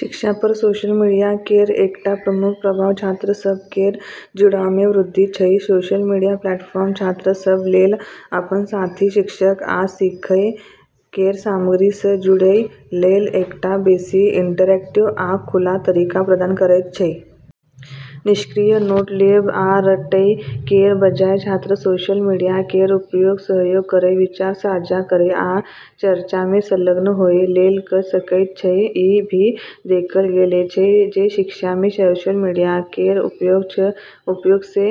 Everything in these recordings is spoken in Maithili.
शिक्षा पर सोशल मीडिया केर एकटा प्रमुख प्रभाव छात्र सभ केर जुड़ाव मे वृद्धि छै। सोशल मीडिया प्लेटफॉर्म छात्र सभ लेल अपन साथी, शिक्षक आ सीखै केर सामग्री सँ जुड़ै लेल एकटा बेसी इंटरैक्टिव आ खुला तरीका प्रदान करैत छै। निष्क्रिय नोट लेब आ रटै केर बजाय छात्र सोशल मीडिया केर उपयोग सहयोग करै, विचार साझा करै आ चर्चा मे संलग्न होए लेल कऽ सकैत छै। ई भी देखल गेल छै जे शिक्षा मे सोशल मीडिया केर उपयोग सँ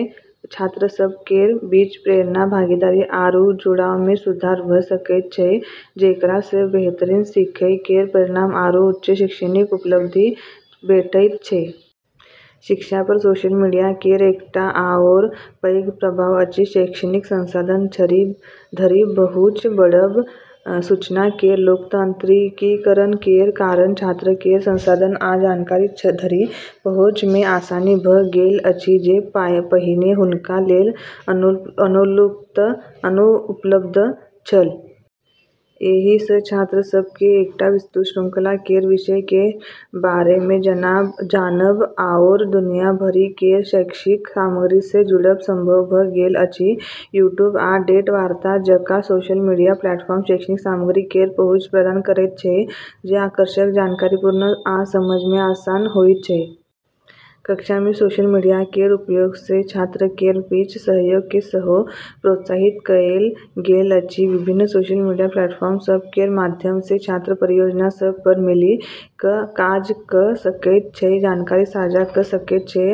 छात्र सभ केर बीच प्रेरणा, भागीदारी आरू जुड़ाव मे सुधार भऽ सकैत छै, जेकरा सँ बेहतर सीखै केर परिणाम आरू उच्च शैक्षणिक उपलब्धि भेटैत छै। शिक्षा पर सोशल मीडिया केर एकटा आओर पैघ प्रभाव अछि शैक्षणिक संसाधन धरि पहुँच बढ़ब। सूचना केर लोकतांत्रिकीकरण केर कारण छात्र केर संसाधन आ जानकारी धरि पहुँच मे आसानी भऽ गेल अछि जे पहिने हुनका लेल अनुपलब्ध छल। एहि सँ छात्र सभ केँ एकटा विस्तृत श्रृंखला केर विषय केर बारे मे जानब आओर दुनिया भरि केर शैक्षिक सामग्री सँ जुड़ब संभव भऽ गेल अछि। यूट्यूब आ टेड वार्ता जकाँ सोशल मीडिया प्लेटफॉर्म शैक्षिक सामग्री केर पहुँच प्रदान करैत छै जे आकर्षक, जानकारीपूर्ण आ समझ मे आसान होइत छै। कक्षा मे सोशल मीडिया केर उपयोग सँ छात्र केर बीच सहयोग केँ सेहो प्रोत्साहित कएल गेल अछि। विभिन्न सोशल मीडिया प्लेटफॉर्म सभ केर माध्यम सँ छात्र परियोजना सभ पर मिलि कऽ काज कऽ सकैत छै, जानकारी साझा कऽ सकैत छै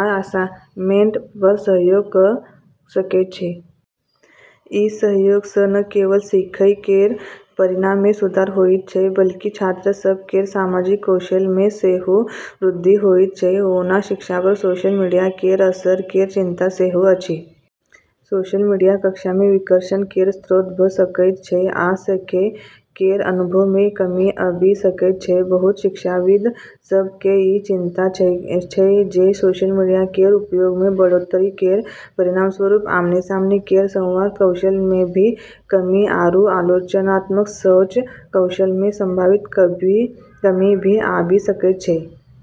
आ असाइनमेंट पर सहयोग कऽ सकैत छै। ई सहयोग सँ न केवल सीखै केर परिणाम मे सुधार होइत छै बल्कि छात्र सभ केर सामाजिक कौशल मे सेहो वृद्धि होइत छै। ओना शिक्षा पर सोशल मीडिया केर असर केर चिंता सेहो अछि। सोशल मीडिया कक्षा मे विकर्षण केर स्रोत भऽ सकैत छै आ सीखै केर अनुभव मे कमी आबि सकैत छै। बहुत शिक्षाविद सभ केँ ई चिंता छै जे सोशल मीडिया केर उपयोग मे बढ़ोत्तरी केर परिणामस्वरूप आमने-सामने केर संवाद कौशल मे भी कमी आरू आलोचनात्मक सोच कौशल मे संभावित कमी भी आबि सकैत छै।